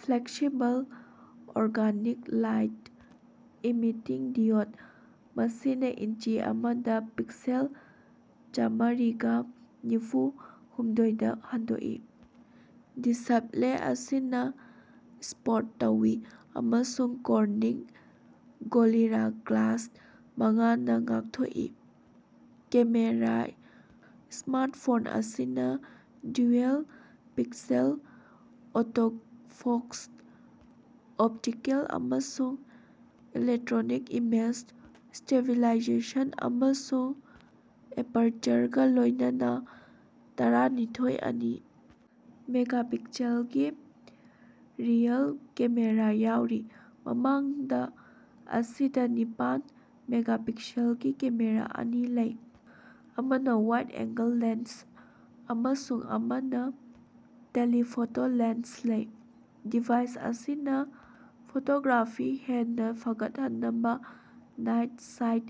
Flexible organic light emitting diode, ꯃꯁꯤꯅ ꯏꯟꯆꯤ ꯑꯃꯥꯗ pixel ꯆꯥꯝꯃꯔꯤꯒ ꯅꯤꯐꯨ ꯍꯨꯝꯗꯣꯏꯗꯥ ꯍꯟꯗꯣꯛꯏ꯫ Display ꯑꯁꯤꯅ ꯢꯁꯄꯣꯔꯠ ꯇꯧꯏ ꯑꯃꯁꯨꯡ ꯀꯣꯔꯅꯤꯡ ꯒꯣꯔꯤꯂꯥ ꯒ꯭ꯂꯥꯁ ꯃꯉꯥꯅ ꯉꯥꯡꯊꯣꯛꯏ ꯀꯦꯃꯦꯔꯥ ꯁ꯭ꯃꯥꯔꯇꯐꯣꯟ ꯑꯁꯤꯅꯥ ꯗ꯭ꯌꯨꯑꯦꯜ-ꯄꯤꯛꯁꯦꯜ ꯑꯣꯇꯣꯐꯣꯛꯁ, ꯑꯣꯞꯇꯤꯀꯦꯜ ꯑꯃꯁꯨꯡ ꯏꯂꯦꯛꯠꯔꯣꯅꯤꯛ ꯏꯃꯦꯖ ꯁ꯭ꯇꯦꯕꯤꯂꯥꯏꯖꯦꯁꯟ, ꯑꯃꯁꯨꯡ ꯑꯦꯄꯔꯆꯔꯒꯥ ꯂꯣꯏꯅꯅꯥ ꯇꯔꯥꯅꯤꯊꯣꯏ. ꯑꯅꯤ ꯃꯦꯒꯥꯄꯤꯛꯁꯦꯜꯒꯤ ꯔꯤꯑꯦꯔ ꯀꯦꯃꯦꯔꯥ ꯌꯥꯎꯔꯤ꯫ ꯃꯃꯥꯡꯗꯥ ꯑꯁꯤꯗꯥ ꯅꯤꯄꯥꯟ ꯃꯦꯒꯥꯄꯤꯛꯁꯦꯜꯒꯤ ꯀꯦꯃꯦꯔꯥ ꯑꯅꯤ ꯂꯩ, ꯑꯃꯅꯥ ꯋꯥꯏꯗ ꯑꯦꯉ꯭ꯒꯜ ꯂꯦꯟꯁ ꯑꯃꯁꯨꯡ ꯑꯃꯅꯥ ꯇꯦꯂꯤꯐꯣꯇꯣ ꯂꯦꯟꯁ ꯂꯩ꯫ ꯗꯤꯚꯥꯏꯁ ꯑꯁꯤꯅꯥ ꯐꯣꯇꯣꯒ꯭ꯔꯥꯐꯤ ꯍꯦꯟꯅꯥ ꯐꯒꯠꯍꯟꯅꯕ ꯅꯥꯏꯠ ꯁꯥꯏꯠ,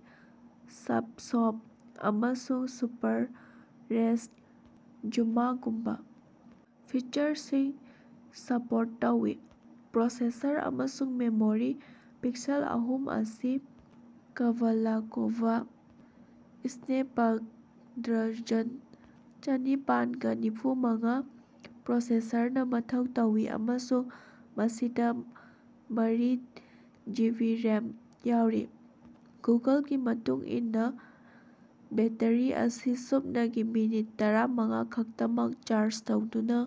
ꯁꯞ ꯁꯣꯞ, ꯑꯃꯁꯨꯡ ꯁꯨꯄꯥꯔ ꯔꯦꯁ ꯖꯨꯃꯒꯨꯝꯕ ꯐꯤꯆꯔꯁꯤꯡ ꯁꯄꯣꯔꯠ ꯇꯧꯏ꯫ ꯄ꯭ꯔꯣꯁꯦꯁꯔ ꯑꯃꯁꯨꯡ ꯃꯦꯃꯣꯔꯤ ꯄꯤꯛꯁꯦꯜ ꯑꯍꯨꯝ ꯑꯁꯤ ꯀ꯭ꯕꯥꯂꯀꯣꯃ ꯁ꯭ꯅꯦꯄꯗ꯭ꯔꯖꯟ ꯆꯥꯅꯤꯄꯥꯟꯒ ꯅꯤꯐꯨꯃꯉꯥ ꯄ꯭ꯔꯣꯁꯦꯁꯔꯅꯥ ꯃꯊꯧ ꯇꯧꯏ ꯑꯃꯁꯨꯡ ꯃꯁꯤꯗꯥ ꯃꯔꯤ ꯖꯤꯕꯤ ꯔꯦꯝ ꯌꯥꯎꯔꯤ꯫ ꯒꯨꯒꯜꯒꯤ ꯃꯇꯨꯡ ꯏꯟꯅꯥ ꯕꯦꯠꯇꯔꯤ ꯑꯁꯤ ꯁꯨꯞꯅꯒꯤ ꯃꯤꯅꯤꯠ ꯇꯔꯥꯃꯉꯥ ꯈꯛꯇꯃꯛ ꯆꯥꯔꯖ ꯇꯧꯗꯨꯅꯥ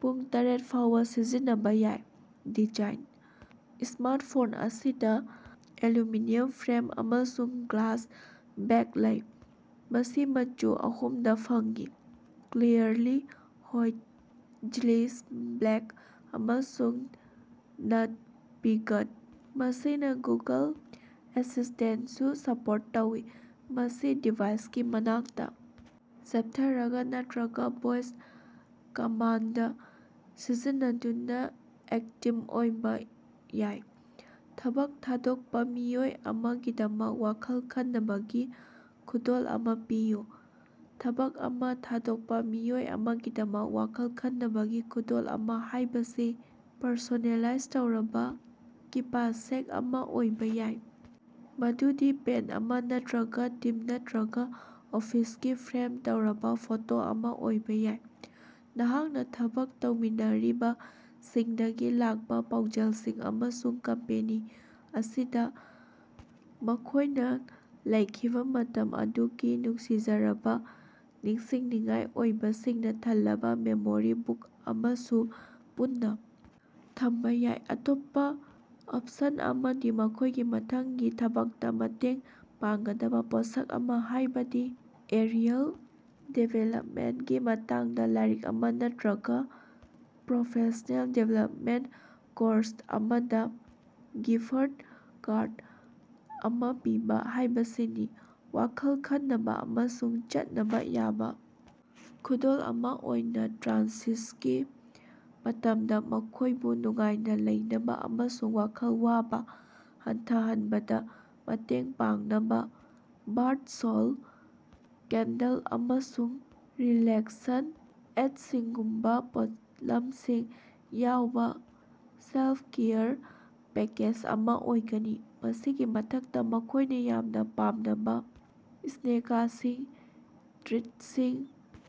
ꯄꯨꯡ ꯇꯔꯦꯠ ꯐꯥꯎꯕ ꯁꯤꯖꯤꯟꯅꯕ ꯌꯥꯏ꯫ ꯗꯤꯖꯥꯏꯟ: ꯁ꯭ꯃꯥꯔꯇꯐꯣꯟ ꯑꯁꯤꯗ ꯑꯦꯂꯨꯃꯤꯅꯤꯌꯝ ꯐ꯭ꯔꯦꯝ ꯑꯃꯁꯨꯡ ꯒ꯭ꯂꯥꯁ ꯕꯦꯛ ꯂꯩ꯫ ꯃꯁꯤ ꯃꯆꯨ ꯑꯍꯨꯝꯗ ꯐꯪꯏ ꯀ꯭ꯂꯤꯌꯥꯔꯂꯤ ꯍꯣꯏꯠ, ꯖꯤꯂꯤꯁ ꯕ꯭ꯂꯦꯛ ꯑꯃꯁꯨꯡ ꯅꯠ ꯄꯤꯉ꯭ꯛ꯫ ꯃꯁꯤꯅ ꯒꯨꯒꯜ ꯑꯦꯁꯤꯁ꯭ꯇꯦꯟꯇꯁꯨ ꯁꯄꯣꯔꯠ ꯇꯧꯏ, ꯃꯁꯤ ꯗꯤꯚꯥꯏꯁꯀꯤ ꯃꯅꯥꯛꯇ ꯆꯦꯞꯊꯥꯔꯒ ꯅꯠꯠꯔꯒ ꯚꯣꯏꯁ ꯀꯃꯥꯟꯗ ꯁꯤꯖꯤꯟꯅꯗꯨꯅ ꯑꯦꯛꯇꯤꯝ ꯑꯣꯏꯕ ꯌꯥꯏ꯫ ꯊꯕꯛ ꯊꯥꯗꯣꯛꯄ ꯃꯤꯑꯣꯏ ꯑꯃꯥꯒꯤꯗꯃꯛ ꯋꯥꯈꯜ ꯈꯟꯅꯕꯒꯤ ꯈꯨꯗꯣꯜ ꯑꯃꯥ ꯄꯤꯌꯨ꯫ ꯊꯕꯛ ꯑꯃꯥ ꯊꯥꯗꯣꯛꯄꯥ ꯃꯤꯑꯣꯏ ꯑꯃꯥꯒꯤꯗꯃꯛ ꯋꯥꯈꯜ ꯈꯟꯅꯕꯒꯤ ꯈꯨꯗꯣꯜ ꯑꯃꯥ ꯍꯥꯏꯕꯁꯤ ꯄꯔꯁꯣꯅꯦꯂꯥꯏꯖ ꯇꯧꯔꯕ ꯀꯤꯄꯁꯦꯛ ꯑꯃꯥ ꯑꯣꯏꯕ ꯌꯥꯏ, ꯃꯗꯨꯗꯤ ꯄꯦꯟ ꯑꯃꯥ ꯅꯠꯇꯔꯒꯥ ꯇꯤꯝ ꯅꯠꯇꯔꯒꯥ ꯑꯣꯐꯤꯁꯀꯤ ꯐ꯭ꯔꯦꯝ ꯇꯧꯔꯕ ꯐꯣꯇꯣ ꯑꯃꯥ ꯑꯣꯏꯕ ꯌꯥꯏ꯫ ꯅꯍꯥꯛꯅ ꯊꯕꯛ ꯇꯧꯃꯤꯟꯅꯔꯤꯕꯁꯤꯡꯗꯒꯤ ꯂꯥꯛꯄ ꯄꯥꯎꯖꯦꯜꯁꯤꯡ ꯑꯃꯁꯨꯡ ꯀꯝꯄꯦꯅꯤ ꯑꯁꯤꯗ ꯃꯈꯣꯏꯅ ꯂꯩꯈꯤꯕ ꯃꯇꯝ ꯑꯗꯨꯒꯤ ꯅꯨꯡꯁꯤꯖꯔꯕꯥ ꯅꯤꯡꯁꯤꯡꯅꯤꯡꯉꯥꯏ ꯑꯣꯏꯕꯁꯤꯡꯅ ꯊꯜꯂꯕ ꯃꯦꯃꯣꯔꯤ ꯕꯨꯛ ꯑꯃꯁꯨ ꯄꯨꯟꯅ ꯊꯝꯕ ꯌꯥꯏ꯫ ꯑꯇꯣꯞꯄ ꯑꯣꯄꯁꯟ ꯑꯃꯗꯤ ꯃꯈꯣꯏꯒꯤ ꯃꯊꯪꯒꯤ ꯊꯕꯛꯇ ꯃꯇꯦꯡ ꯄꯥꯡꯒꯗꯕ ꯄꯣꯠꯁꯛ ꯑꯃꯥ, ꯍꯥꯏꯕꯗꯤ ꯑꯦꯔꯤꯌꯜ ꯗꯤꯚꯦꯂꯄꯃꯦꯟꯇꯒꯤ ꯃꯇꯥꯡꯗ ꯂꯥꯏꯔꯤꯛ ꯑꯃꯥ ꯅꯠꯠꯔꯒ ꯄ꯭ꯔꯣꯐꯦꯁꯅꯦꯜ ꯗꯤꯚꯦꯂꯄꯃꯦꯟꯇ ꯀꯣꯔꯁ ꯑꯃꯗ ꯒꯤꯐꯠ ꯀꯥꯔꯠ ꯑꯃꯥ ꯄꯤꯕ ꯍꯥꯏꯕꯁꯤꯅꯤ꯫ ꯋꯥꯈꯜ ꯈꯟꯅꯕ ꯑꯃꯁꯨꯡ ꯆꯠꯅꯕ ꯌꯥꯕ ꯈꯨꯗꯣꯜ ꯑꯃꯥ ꯑꯣꯏꯅ ꯇ꯭ꯔꯥꯟꯁꯤꯁꯒꯤ ꯃꯇꯝꯗ ꯃꯈꯣꯏꯕꯨ ꯅꯨꯡꯉꯥꯏꯅ ꯂꯩꯅꯕ ꯑꯃꯁꯨꯡ ꯋꯥꯈꯜ ꯋꯥꯕ ꯍꯟꯊꯍꯟꯅꯕꯗ ꯃꯇꯦꯡ ꯄꯥꯡꯅꯕ ꯕꯥꯊ ꯁꯣꯜꯇ, ꯀꯦꯟꯗꯜ, ꯑꯃꯁꯨꯡ ꯔꯤꯂꯦꯛꯁꯟ ꯑꯦꯗꯁꯤꯡꯒꯨꯝꯕꯥ ꯄꯣꯠꯂꯝꯁꯤꯡ ꯌꯥꯎꯕ ꯁꯦꯂꯐ-ꯀꯦꯌꯔ ꯄꯦꯀꯦꯖ ꯑꯃꯥ ꯑꯣꯏꯒꯅꯤ꯫ ꯃꯁꯤꯒꯤ ꯃꯊꯛꯇꯥ, ꯃꯈꯣꯢꯅꯥ ꯌꯥꯝꯅꯥ ꯄꯥꯝꯅꯕꯥ ꯁ꯭ꯅꯦꯀꯁꯤꯡ, ꯇ꯭ꯔꯤꯠꯁꯤꯡ